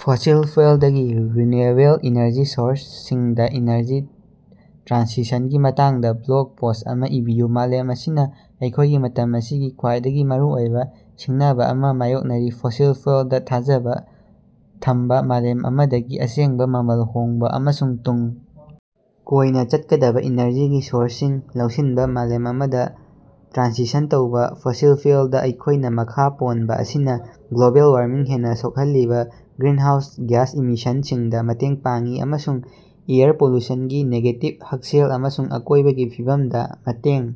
Fossil ꯐ꯭ꯌꯨꯦꯜꯗꯒꯤ renewable energy ꯁꯣꯔꯁꯁꯤꯡꯗ energy ꯇ꯭ꯔꯥꯟꯁꯤꯁꯟꯒꯤ ꯃꯇꯥꯡꯗ ꯕ꯭ꯂꯣꯒ ꯄꯣꯁ꯭ꯠ ꯑꯃ ꯏꯕꯤꯌꯨ꯫ ꯃꯥꯂꯦꯝ ꯑꯁꯤꯅ ꯑꯩꯈꯣꯏꯒꯤ ꯃꯇꯝ ꯑꯁꯤꯒꯤ ꯈ꯭ꯋꯥꯏꯗꯒꯤ ꯃꯔꯨꯑꯣꯏꯕ ꯁꯤꯡꯅꯕꯥ ꯑꯃ ꯃꯥꯌꯣꯛꯅꯔꯤ -ꯐꯣꯁꯤꯜ ꯐ꯭ꯌꯨꯦꯜꯗꯥ ꯊꯥꯖꯕ ꯊꯝꯕ ꯃꯥꯂꯦꯝ ꯑꯃꯗꯒꯤ ꯑꯁꯦꯡꯕ, ꯃꯃꯜ ꯍꯣꯡꯕ ꯑꯃꯁꯨꯡ ꯇꯨꯡ ꯀꯣꯏꯅ ꯆꯠꯀꯗꯕ‌ ꯏꯅꯔꯖꯤꯒꯤ ꯁꯣꯔꯁꯁꯤꯡ ꯂꯧꯁꯤꯟꯕ ꯃꯥꯂꯦꯝ ꯑꯃꯗ ꯇ꯭ꯔꯥꯟꯁꯤꯁꯟ ꯇꯧꯕ, ꯐꯣꯁꯤꯜ ꯐ꯭ꯌꯨꯦꯜꯗꯥ ꯑꯩꯈꯣꯏꯅ ꯃꯈꯥ ꯄꯣꯟꯕ ꯑꯁꯤꯅ ꯒ꯭ꯂꯣꯕꯦꯜ ꯋꯥꯔꯃꯤꯡ ꯍꯦꯟꯅ ꯁꯣꯛꯍꯜꯂꯤꯕ ꯒ꯭ꯔꯤꯟꯍꯥꯎꯁ ꯒ꯭ꯌꯥꯁ ꯏꯃꯤꯁꯟꯁꯤꯡꯗ ꯃꯇꯦꯡ ꯄꯥꯡꯏ ꯑꯃꯁꯨꯡ ꯑꯦꯌꯔ ꯄꯣꯂꯨꯁꯟꯒꯤ ꯅꯦꯒꯦꯇꯤꯕ ꯍꯛꯁꯦꯜ ꯑꯃꯁꯨꯡ ꯑꯀꯣꯏꯕꯒꯤ ꯐꯤꯕꯝꯗ ꯃꯇꯦꯡ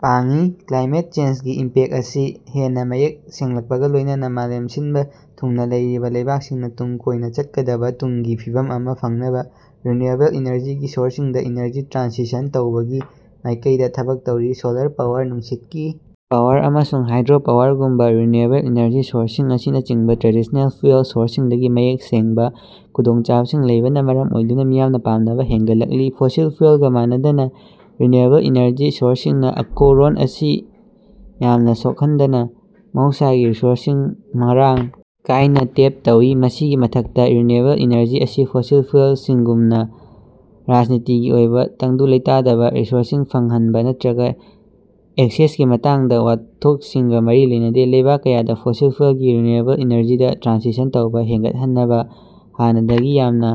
ꯄꯥꯡꯏ꯫ ꯀ꯭ꯂꯥꯏꯃꯦꯠ ꯆꯦꯟꯖꯒꯤ ꯏꯝꯄꯦꯛꯇ ꯑꯁꯤ ꯍꯦꯟꯅ ꯃꯌꯦꯛ ꯁꯦꯡꯂꯛꯄꯒꯥ ꯂꯣꯏꯅꯅꯥ ꯃꯥꯂꯦꯝ ꯁꯤꯟꯕ ꯊꯨꯡꯅ ꯂꯩꯔꯤꯕ ꯂꯩꯕꯥꯛꯁꯤꯡꯅ ꯇꯨꯡ ꯀꯣꯏꯅ ꯆꯠꯀꯗꯕꯥ ꯇꯨꯡꯒꯤ ꯐꯤꯕꯝ ꯑꯃ ꯐꯪꯅꯕ ꯔꯤꯅ꯭ꯌꯨꯑꯦꯕꯜ ꯏꯅꯔꯖꯤꯒꯤ ꯁꯣꯔꯁꯁꯤꯡꯗ ꯏꯅꯔꯖꯤ ꯇ꯭ꯔꯥꯟꯁꯤꯁꯟ ꯇꯧꯕꯒꯤ ꯃꯥꯏꯀꯩꯗ ꯊꯕꯛ ꯇꯧꯔꯤ꯫ ꯁꯣꯂꯥꯔ ꯄꯥꯋꯔ, ꯅꯨꯡꯁꯤꯠꯀꯤ ꯄꯥꯋꯔ, ꯑꯃꯁꯨꯡ ꯍꯥꯏꯗ꯭ꯔꯣ ꯄꯥꯋꯔꯒꯨꯝꯕ ꯔꯤꯅ꯭ꯌꯨꯋꯦꯕꯜ ꯏꯅꯔꯖꯤ ꯁꯣꯔꯁꯁꯤꯡ ꯑꯁꯤꯅꯆꯤꯡꯕ ꯇ꯭ꯔꯦꯗꯤꯁ꯭ꯅꯦꯜ ꯐ꯭ꯌꯨꯦꯜ ꯁꯣꯔꯁꯁꯤꯡꯗꯒꯤ ꯃꯌꯦꯛ ꯁꯦꯡꯕ ꯈꯨꯗꯣꯡꯆꯥꯕꯁꯤꯡ ꯂꯩꯕꯅ ꯃꯔꯝ ꯑꯣꯏꯗꯨꯅ ꯃꯤꯌꯥꯝꯅ ꯄꯥꯝꯅꯕ ꯍꯦꯟꯒꯠꯂꯛꯂꯤ꯫ ꯐꯣꯁꯤꯜ ꯐ꯭ꯌꯨꯦꯜꯒꯥ ꯃꯥꯟꯅꯗꯅꯥ, ꯔꯤꯅ꯭ꯌꯨꯋꯦꯕꯜ ꯏꯅꯔꯖꯤ ꯁꯣꯔꯁꯁꯤꯡꯅ ꯑꯀꯣꯎꯔꯣꯟ ꯑꯁꯤ ꯌꯥꯝꯅ ꯁꯣꯛꯍꯟꯗꯅꯥ ꯃꯍꯧꯁꯥꯒꯤ ꯔꯤꯁꯣꯔꯁꯁꯤꯡ ꯃꯔꯥꯡ ꯀꯥꯏꯅ ꯇꯦꯞ ꯇꯧꯏ꯫ ꯃꯁꯤꯒꯤ ꯃꯊꯛꯇꯥ, ꯔꯤꯅ꯭ꯌꯨꯋꯦꯕꯜ ꯏꯅꯔꯖꯤ ꯑꯁꯤ ꯐꯣꯁꯤꯜ ꯐ꯭ꯌꯨꯦꯜꯁꯤꯡꯒꯨꯝꯅ ꯔꯥꯖꯅꯤꯇꯤꯒꯤ ꯑꯣꯏꯕ ꯇꯪꯗꯨ ꯂꯩꯇꯥꯗꯕꯥ, ꯔꯤꯁꯣꯔꯁꯁꯤꯡ ꯐꯪꯍꯟꯕ, ꯅꯠꯇꯔꯒ ꯑꯦꯛꯁꯦꯁꯀꯤ ꯃꯇꯥꯡꯗ ꯋꯥꯊꯣꯠꯁꯤꯡꯒ ꯃꯔꯤ ꯂꯩꯅꯗꯦ꯫ ꯂꯩꯕꯥꯛ ꯀꯌꯥꯗ ꯐꯣꯁꯤꯜ ꯐ꯭ꯌꯨꯦꯜꯒꯤ ꯔꯤꯅ꯭ꯌꯨꯑꯦꯕꯜ ꯏꯅꯔꯖꯤꯗ ꯇ꯭ꯔꯥꯟꯁꯤꯁꯟ ꯇꯧꯕ ꯍꯦꯟꯒꯠꯍꯟꯅꯕ ꯍꯥꯟꯅꯗꯒꯤ ꯌꯥꯝꯅ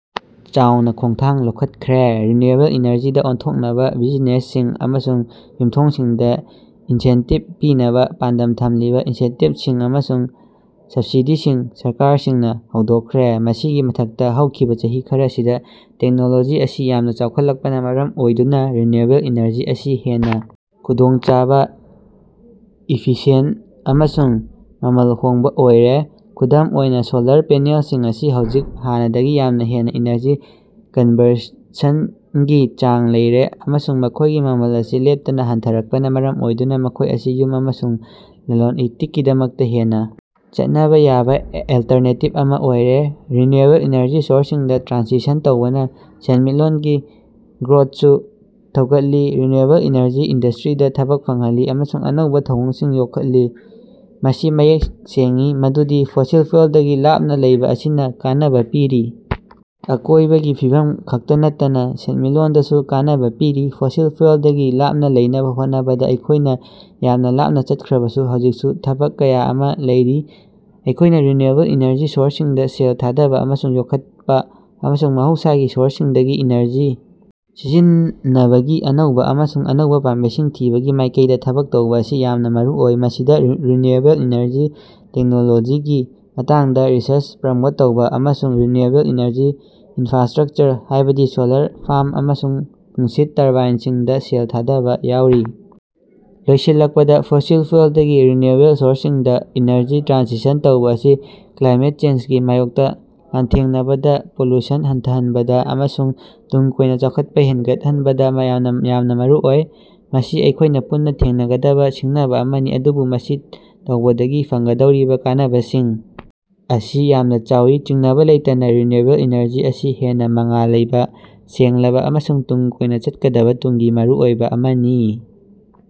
ꯆꯥꯎꯅ ꯈꯣꯡꯊꯥꯡ ꯂꯧꯈꯠꯈ꯭ꯔꯦ꯫ ꯔꯤꯅ꯭ꯌꯨꯑꯦꯕꯜ ꯏꯅꯔꯖꯤꯗꯥ ꯑꯣꯟꯊꯣꯛꯅꯕꯥ ꯕꯤꯖꯤꯅꯦꯁꯁꯤꯡ ꯑꯃꯁꯨꯡ ꯌꯨꯝꯊꯣꯡꯁꯤꯡꯗ ꯏꯟꯁꯦꯟꯇꯤꯕ ꯄꯤꯅꯕ ꯄꯥꯟꯗꯝ ꯊꯝꯂꯤꯕ ꯏꯟꯁꯦꯟꯇꯤꯕꯁꯤꯡ ꯑꯃꯁꯨꯡ ꯁꯕꯁꯤꯗꯤꯁꯤꯡ ꯁꯔꯀꯥꯔꯁꯤꯡꯅ ꯍꯧꯗꯣꯛꯈ꯭ꯔꯦ꯫ ꯃꯁꯤꯒꯤ ꯃꯊꯛꯇ, ꯍꯧꯈꯤꯕ ꯆꯍꯤ ꯈꯔꯁꯤꯗ ꯇꯦꯛꯅꯣꯂꯣꯖꯤ ꯑꯁꯤ ꯌꯥꯝꯅ ꯆꯥꯎꯈꯠꯂꯛꯄꯅꯥ ꯃꯔꯝ ꯑꯣꯏꯗꯨꯅ ꯔꯤꯅ꯭ꯌꯨꯋꯦꯕꯜ ꯏꯅꯔꯖꯤ ꯑꯁꯤ ꯍꯦꯟꯅ ꯈꯨꯗꯣꯡꯆꯥꯕ, ꯏꯐꯤꯁꯤꯌꯦꯟꯇ ꯑꯃꯁꯨꯡ ꯃꯃꯜ ꯍꯣꯡꯕ ꯑꯣꯏꯔꯦ꯫ ꯈꯨꯗꯝ ꯑꯣꯏꯅ, ꯁꯣꯂꯥꯔ ꯄꯦꯅꯦꯜꯁꯤꯡ ꯑꯁꯤ ꯍꯧꯖꯤꯛ ꯍꯥꯟꯅꯗꯒꯤ ꯌꯥꯝꯅ ꯍꯦꯟꯅ ꯏꯅꯔꯖꯤ ꯀꯟꯕꯔꯁꯟꯒꯤ ꯆꯥꯡ ꯂꯩꯔꯦ, ꯑꯃꯁꯨꯡ ꯃꯈꯣꯏꯒꯤ ꯃꯃꯜ ꯑꯁꯤ ꯂꯦꯞꯇꯅꯥ ꯍꯟꯊꯔꯛꯄꯅꯥ ꯃꯔꯝ ꯑꯣꯏꯗꯨꯅ ꯃꯈꯣꯏ ꯑꯁꯤ ꯌꯨꯝ ꯑꯃꯁꯨꯡ ꯂꯂꯣꯟ-ꯏꯇꯤꯛꯀꯤꯗꯃꯛꯇ ꯍꯦꯟꯅ ꯆꯠꯅꯕꯥ ꯌꯥꯕ ꯑꯂꯜꯇꯔꯅꯦꯇꯤꯕ ꯑꯃ ꯑꯣꯏꯔꯦ꯫ ꯔꯤꯅ꯭ꯌꯨꯋꯦꯕꯜ ꯏꯅꯔꯖꯤ ꯁꯣꯔꯁꯁꯤꯡꯗ ꯇ꯭ꯔꯥꯟꯁꯤꯁꯟ ꯇꯧꯕꯅ ꯁꯦꯟꯃꯤꯠꯂꯣꯟꯒꯤ ꯒ꯭ꯔꯣꯊꯁꯨ ꯊꯧꯒꯠꯂꯤ, ꯔꯤꯅ꯭ꯌꯨꯑꯦꯕꯜ ꯏꯅꯔꯖꯤ ꯏꯟꯗꯁꯇ꯭ꯔꯤꯗꯥ ꯊꯕꯛ ꯐꯪꯍꯜꯂꯤ, ꯑꯃꯁꯨꯡ ꯑꯅꯧꯕ ꯊꯧꯑꯣꯡꯁꯤꯡ ꯌꯣꯛꯈꯠꯂꯤ꯫ ꯃꯁꯤ ꯃꯌꯦꯛ ꯁꯦꯡꯏ ꯃꯗꯨꯗꯤ ꯐꯣꯁꯤꯜ ꯐ꯭ꯌꯨꯦꯜꯗꯒꯤ ꯂꯥꯞꯅꯥ ꯂꯩꯕ ꯑꯁꯤꯅ ꯀꯥꯟꯅꯕꯥ ꯄꯤꯔꯤ, ꯑꯀꯣꯏꯕꯒꯤ ꯐꯤꯕꯝ ꯈꯛꯇ ꯅꯠꯇꯅꯥ ꯁꯦꯟꯃꯤꯠꯂꯣꯟꯗꯁꯨ ꯀꯥꯟꯅꯕꯥ ꯄꯤꯔꯤ꯫ ꯐꯣꯁꯤꯜ ꯐ꯭ꯌꯨꯦꯜꯗꯒꯤ ꯂꯥꯞꯅ ꯂꯩꯅꯕ ꯍꯣꯠꯅꯕꯗꯥ ꯑꯩꯈꯣꯏꯅ ꯌꯥꯝꯅ ꯂꯥꯞꯅ ꯆꯠꯈ꯭ꯔꯕꯁꯨ, ꯍꯧꯖꯤꯛꯁꯨ ꯊꯕꯛ ꯀꯌꯥ ꯑꯃ ꯂꯩꯔꯤ꯫ ꯑꯩꯈꯣꯏꯅ ꯔꯤꯅ꯭ꯌꯨꯋꯦꯕꯜ ꯏꯅꯔꯖꯤ ꯁꯣꯔꯁꯁꯤꯡꯗ ꯁꯦꯜ ꯊꯥꯗꯕꯥ ꯑꯃꯁꯨꯡ ꯌꯣꯛꯈꯠꯄ, ꯑꯃꯁꯨꯡ ꯃꯍꯧꯁꯥꯒꯤ ꯁꯣꯔꯁꯁꯤꯡꯗꯒꯤ ꯏꯅꯔꯖꯤ ꯁꯤꯖꯤꯟꯅꯕꯒꯤ ꯑꯅꯧꯕ ꯑꯃꯁꯨꯡ ꯑꯅꯧꯕ ꯄꯥꯝꯕꯩꯁꯤꯡ ꯊꯤꯕꯒꯤ ꯃꯥꯏꯀꯩꯗ ꯊꯕꯛ ꯇꯧꯕ ꯑꯁꯤ ꯌꯥꯝꯅ ꯃꯔꯨꯑꯣꯏ꯫ ꯃꯁꯤꯗ ꯔꯤꯅ꯭ꯌꯨꯑꯦꯕꯜ ꯏꯅꯔꯖꯤ ꯇꯦꯛꯅꯣꯂꯣꯖꯤꯒꯤ ꯃꯇꯥꯡꯗ ꯔꯤꯁꯔꯆ ꯄ꯭ꯔꯃꯣꯠ ꯇꯧꯕ ꯑꯃꯁꯨꯡ ꯔꯤꯅ꯭ꯌꯨꯑꯦꯕꯜ ꯏꯅꯔꯖꯤ ꯏꯟꯐ꯭ꯔꯥꯁ꯭ꯇꯔꯛꯆꯔ, ꯍꯥꯏꯕꯗꯤ ꯁꯣꯂꯔ ꯐꯥꯔꯝ ꯑꯃꯁꯨꯡ ꯅꯨꯡꯁꯤꯠ ꯇꯔꯕꯥꯏꯟꯁꯤꯡꯗ ꯁꯦꯜ ꯊꯥꯗꯕꯥ ꯌꯥꯎꯔꯤ꯫ ꯂꯣꯏꯁꯤꯜꯂꯛꯄꯗꯥ, ꯐꯣꯁꯤꯜ ꯐ꯭ꯌꯨꯦꯜꯗꯒꯤ ꯔꯤꯅ꯭ꯌꯨꯋꯦꯕꯜ ꯁꯣꯔꯁꯁꯤꯡꯗ ꯏꯅꯔꯖꯤ ꯇ꯭ꯔꯥꯟꯁꯤꯁꯟ ꯇꯧꯕ ꯑꯁꯤ ꯀ꯭ꯂꯥꯏꯃꯦꯠ ꯆꯦꯟꯖꯒꯤ ꯃꯥꯌꯣꯛꯇ ꯂꯥꯟꯊꯦꯡꯅꯕꯗꯥ, ꯄꯣꯂꯨꯁꯟ ꯍꯟꯊꯍꯟꯕꯗ ꯑꯃꯁꯨꯡ ꯇꯨꯡ ꯀꯣꯏꯅ ꯆꯥꯎꯈꯠꯄ ꯍꯦꯟꯒꯠꯍꯟꯕꯗ ꯃꯌꯥꯝꯅ ꯌꯥꯝꯅ ꯃꯔꯨꯑꯣꯏ꯫ ꯃꯁꯤ ꯑꯩꯈꯣꯏꯅ ꯄꯨꯟꯅ ꯊꯦꯡꯅꯒꯗꯕ ꯁꯤꯡꯅꯕꯥ ꯑꯃꯅꯤ, ꯑꯗꯨꯕꯨ ꯃꯁꯤ ꯇꯧꯕꯗꯒꯤ ꯐꯪꯒꯗꯧꯔꯤꯕ ꯀꯥꯟꯅꯕꯁꯤꯡ ꯑꯁꯤ ꯌꯥꯝꯅ ꯆꯥꯎꯏ꯫ ꯆꯤꯡꯅꯕ ꯂꯩꯇꯅꯥ, ꯔꯤꯅ꯭ꯌꯨꯋꯦꯕꯜ ꯏꯅꯔꯖꯤ ꯑꯁꯤ ꯍꯦꯟꯅ ꯃꯉꯥꯜ ꯂꯩꯕ, ꯁꯦꯡꯂꯕꯥ ꯑꯃꯁꯨꯡ ꯇꯨꯡ ꯀꯣꯏꯅ ꯆꯠꯀꯗꯕꯥ ꯇꯨꯡꯒꯤ ꯃꯔꯨꯑꯣꯏꯕ ꯑꯃꯅꯤ꯫